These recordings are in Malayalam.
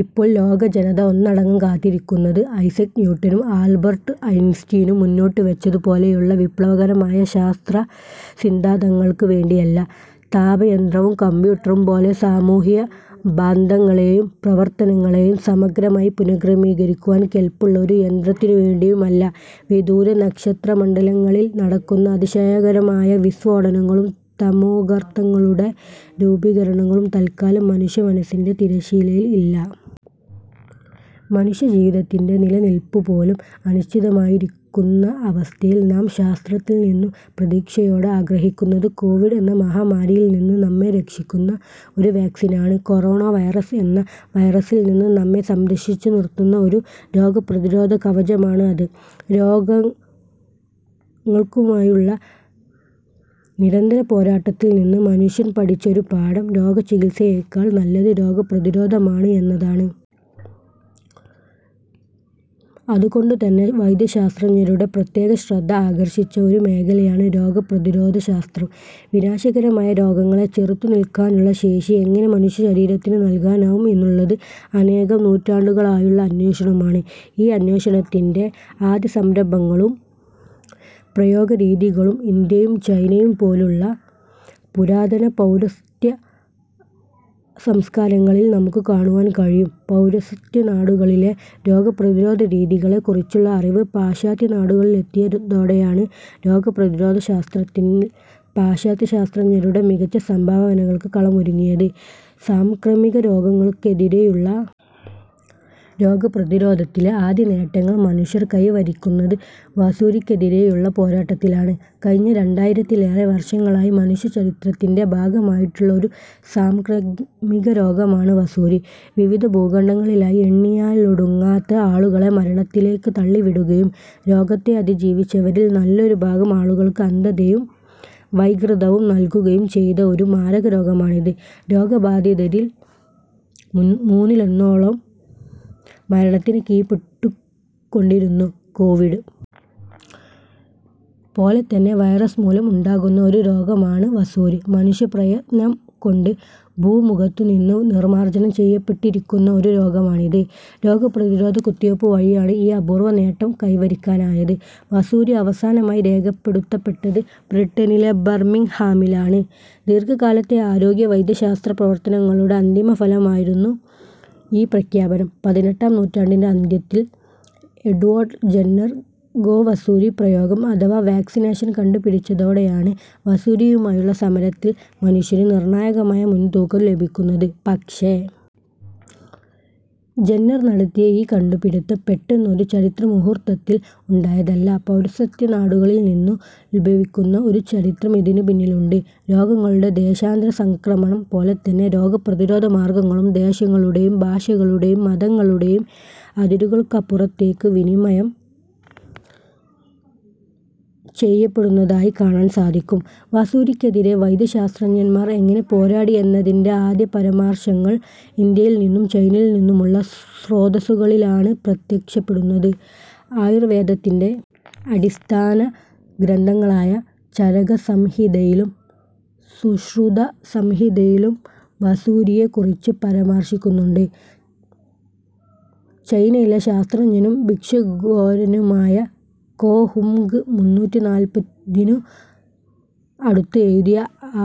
ഇപ്പോൾ ലോകജനത ഒന്നടങ്കം കാത്തിരിക്കുന്നത് ഐസക് ന്യൂട്ടനും ആൽബർട്ട് ഐൻസ്റ്റീനും മുന്നോട്ടുവച്ചതുപോലെയുള്ള വിപ്ലവകരമായ ശാസ്ത്രസിദ്ധാന്തങ്ങൾക്ക് വേണ്ടിയല്ല. താപയന്ത്രവും കമ്പ്യൂട്ടറും പോലെ സാമൂഹ്യബന്ധങ്ങളെയും പ്രവർത്തനങ്ങളെയും സമഗ്രമായി പുനഃക്രമീകരിക്കുവാൻ കെൽപ്പുള്ള ഒരു യന്ത്രത്തിനുവേണ്ടിയും അല്ല. വിദൂര നക്ഷത്രമണ്ഡലങ്ങളിൽ നടക്കുന്ന അതിശയകരമായ വിസ്ഫോടനങ്ങളും തമോഗർത്തങ്ങളുടെ രൂപീകരണങ്ങളും തൽക്കാലം മനുഷ്യമനസ്സിൻ്റെ തിരശ്ശീലയിൽ ഇല്ല. മനുഷ്യജീവിതത്തിൻ്റെ നിലനിൽപ്പുപോലും അനിശ്ചിതമായിരിക്കുന്ന അവസ്ഥയിൽ നാം ശാസ്ത്രത്തിൽനിന്നും പ്രതീക്ഷയോടെ ആഗ്രഹിക്കുന്നത് കോവിഡ് എന്ന മഹാമാരിയിൽനിന്ന് നമ്മെ രക്ഷിക്കുന്ന ഒരു വാക്സിനാണ്. കൊറോണ വൈറസ് എന്ന വൈറസിൽനിന്ന് നമ്മെ സംരക്ഷിച്ചുനിർത്തുന്ന ഒരു രോഗപ്രതിരോധ കവചമാണ് അത്. രോഗങ്ങൾക്കുമായുള്ള നിരന്തര പോരാട്ടത്തിൽ നിന്ന് മനുഷ്യൻ പഠിച്ച ഒരു പാഠം രോഗചികിത്സയേക്കാൾ നല്ലത് രോഗപ്രതിരോധമാണ് എന്നതാണ്. അതുകൊണ്ടുതന്നെ വൈദ്യശാസ്ത്രജ്ഞരുടെ പ്രത്യേകശ്രദ്ധ ആകർഷിച്ച ഒരു മേഖലയാണ് രോഗപ്രതിരോധശാസ്ത്രം. വിനാശകരമായ രോഗങ്ങളെ ചെറുത്തുനിൽക്കാനുള്ള ശേഷി എങ്ങനെ മനുഷ്യശരീരത്തിന് നൽകാനാവും എന്നുള്ളത് അനേകം നൂറ്റാണ്ടുകളായുള്ള അന്വേഷണമാണ്. ഈ അന്വേഷണത്തിൻ്റെ ആദ്യസംരംഭങ്ങളും പ്രയോഗരീതികളും ഇന്ത്യയും ചൈനയും പോലുള്ള പുരാതന പൗരസ്ത്യ സംസ്കാരങ്ങളിൽ നമുക്ക് കാണുവാൻ കഴിയും. പൗരസ്ത്യനാടുകളിലെ രോഗപ്രതിരോധരീതികളെക്കുറിച്ചുള്ള അറിവ് പാശ്ചാത്യനാടുകളിലെത്തിയതോടെയാണ് രോഗപ്രതിരോധശാസ്ത്രത്തിൽ പാശ്ചാത്യശാസ്ത്രജ്ഞരുടെ മികച്ച സംഭാവനകൾക്ക് കളമൊരുങ്ങിയത്. സാംക്രമികരോഗങ്ങൾക്കെതിരെയുള്ള രോഗപ്രതിരോധത്തിലെ ആദ്യനേട്ടങ്ങൾ മനുഷ്യർ കൈവരിക്കുന്നത് വസൂരിക്കെതിരെയുള്ള പോരാട്ടത്തിലാണ്. കഴിഞ്ഞ രണ്ടായിരത്തിലേറെ വർഷങ്ങളായി മനുഷ്യചരിത്രത്തിൻ്റെ ഭാഗമായിട്ടുള്ള ഒരു സാംക്രമികരോഗമാണ് വസൂരി. വിവിധ ഭൂഖണ്ഡങ്ങളിലായി എണ്ണിയാലൊടുങ്ങാത്ത ആളുകളെ മരണത്തിലേക്ക് തള്ളിവിടുകയും രോഗത്തെ അതിജീവിച്ചവരിൽ നല്ലൊരു ഭാഗം ആളുകൾക്ക് അന്ധതയും വൈകൃതവും നൽകുകയും ചെയ്ത ഒരു മാരകരോഗമാണിത്. രോഗബാധിതരിൽ മൂ മൂന്നിലൊന്നോളം മരണത്തിന് കീഴ്പ്പെട്ടുകൊണ്ടിരുന്നു. കോവിഡ് പോലെതന്നെ വൈറസ് മൂലം ഉണ്ടാകുന്ന ഒരു രോഗമാണ് വസൂരി. മനുഷ്യപ്രയത്നം കൊണ്ട് ഭൂമുഖത്തുനിന്ന് നിർമ്മാർജനം ചെയ്യപ്പെട്ടിരിക്കുന്ന ഒരു രോഗമാണിത്. രോഗപ്രതിരോധ കുത്തിവയ്പ്പ് വഴിയാണ് ഈ അപൂർവനേട്ടം കൈവരിക്കാനായത്. വസൂരി അവസാനമായി രേഖപ്പെടുത്തപ്പെട്ടത് ബ്രിട്ടനിലെ ബർമിംഗ്ഹാമിലാണ്. ദീർഘകാലത്തെ ആരോഗ്യ വൈദ്യശാസ്ത്ര പ്രവർത്തനങ്ങളുടെ അന്തിമഫലമായിരുന്നു ഈ പ്രഖ്യാപനം. പതിനെട്ടാം നൂറ്റാണ്ടിൻ്റെ അന്ത്യത്തിൽ എഡ്വാർഡ് ജെന്നർ ഗോവസൂരിപ്രയോഗം അഥവാ വാക്സിനേഷൻ കണ്ടുപിടിച്ചതോടെയാണ് വസൂരിയുമായുള്ള സമരത്തിൽ മനുഷ്യന് നിർണായകമായ മുൻതൂക്കം ലഭിക്കുന്നത്. പക്ഷേ ജെന്നർ നടത്തിയ ഈ കണ്ടുപിടിത്തം പെട്ടെന്ന് ഒരു ചരിത്രമുഹൂർത്തത്തിൽ ഉണ്ടായതല്ല. പൗരസ്ത്യനാടുകളിൽനിന്നുത്ഭവിക്കുന്ന ഒരു ചരിത്രം ഇതിന് പിന്നിലുണ്ട്. രോഗങ്ങളുടെ ദേശാന്തരസംക്രമണം പോലെത്തന്നെ രോഗപ്രതിരോധ മാർഗങ്ങളും ദേശങ്ങളുടെയും ഭാഷകളുടെയും മതങ്ങളുടെയും അതിരുകൾക്കപ്പുറത്തേക്ക് വിനിമയം ചെയ്യപ്പെടുന്നതായി കാണാൻ സാധിക്കും. വസൂരിക്കെതിരെ വൈദ്യശാസ്ത്രജ്ഞന്മാർ എങ്ങനെ പോരാടി എന്നതിൻ്റെ ആദ്യപരാമർശങ്ങൾ ഇന്ത്യയിൽനിന്നും ചൈനയിൽനിന്നുമുള്ള സ്രോതസ്സുകളിലാണ് പ്രത്യക്ഷപ്പെടുന്നത്. ആയുർവേദത്തിൻ്റെ അടിസ്ഥാന ഗ്രന്ഥങ്ങളായ ചരകസംഹിതയിലും സുശ്രുതസംഹിതയിലും വസൂരിയെക്കുറിച്ച് പരാമർശിക്കുന്നുണ്ട്. ചൈനയിലെ ശാസ്ത്രജ്ഞനും ഭിഷഗ്വരനുമായ കോ ഹുംഗ് മുന്നൂറ്റിനാൽപ്പതിനു അടുത്ത് എഴുതിയ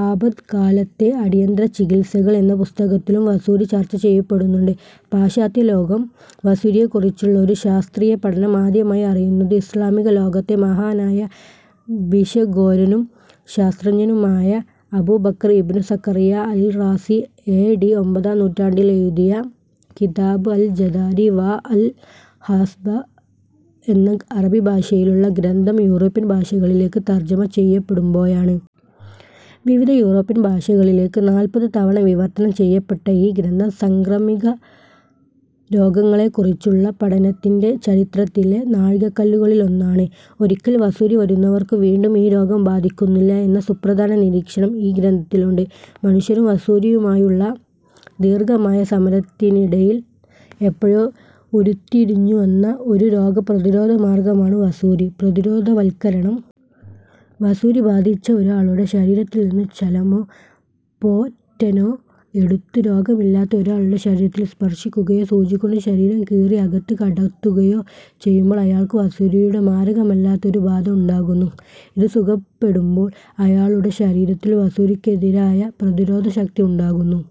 ആപത്കാലത്തെ അടിയന്തര ചികിത്സകൾ എന്ന പുസ്തകത്തിലും വസൂരി ചർച്ച ചെയ്യപ്പെടുന്നുണ്ട്. പാശ്ചാത്യലോകം വസൂരിയെക്കുറിച്ചുള്ള ഒരു ശാസ്ത്രീയപഠനം ആദ്യമായി അറിയുന്നത് ഇസ്ലാമിക ലോകത്തെ മഹാനായ ഭിഷഗ്വരനും ശാസ്ത്രജ്ഞനുമായ Abu Bakr ibn Zakariya al Razi A D ഒമ്പതാം നൂറ്റാണ്ടിലെഴുതിയ കിതാബ് അൽ ജദാരി വാ അൽ ഹാസ്ബ എന്ന അറബിഭാഷയിലുള്ള ഗ്രന്ഥം യൂറോപ്യൻ ഭാഷകളിലേക്ക് തർജ്ജമ ചെയ്യപ്പെടുമ്പോഴാണ്. വിവിധ യൂറോപ്യൻ ഭാഷകളിലേക്ക് നാൽപ്പത് തവണ വിവർത്തനം ചെയ്യപ്പെട്ട ഈ ഗ്രന്ഥം സാംക്രമികരോഗങ്ങളെക്കുറിച്ചുള്ള പഠനത്തിൻ്റെ ചരിത്രത്തിലെ നാഴികക്കല്ലുകളിലൊന്നാണ്. ഒരിക്കൽ വസൂരി വരുന്നവർക്ക് വീണ്ടും ഈ രോഗം ബാധിക്കുന്നില്ല എന്ന സുപ്രധാന നിരീക്ഷണം ഈ ഗ്രന്ഥത്തിലുണ്ട്. മനുഷ്യനും വസൂരിയുമായുള്ള ദീർഘമായ സമരത്തിനിടയിൽ എപ്പോഴോ ഉരുത്തിരിഞ്ഞുവന്ന ഒരു രോഗപ്രതിരോധ മാർഗമാണ് വസൂരി പ്രതിരോധവൽക്കരണം. വസൂരി ബാധിച്ച ഒരാളുടെ ശരീരത്തിൽനിന്ന് ചലമോ പോറ്റനോ എടുത്ത് രോഗമില്ലാത്ത ഒരാളുടെ ശരീരത്തിൽ സ്പർശിക്കുകയോ സൂചികൊണ്ട് ശരീരം കീറി അകത്ത് കടത്തുകയോ ചെയ്യുമ്പോൾ അയാൾക്ക് വസൂരിയുടെ മാരകമല്ലാത്ത ഒരു ബാധ ഉണ്ടാകുന്നു. ഇത് സുഖപ്പെടുമ്പോൾ അയാളുടെ ശരീരത്തിൽ വസൂരിക്കെതിരായ പ്രതിരോധശക്തി ഉണ്ടാകുന്നു.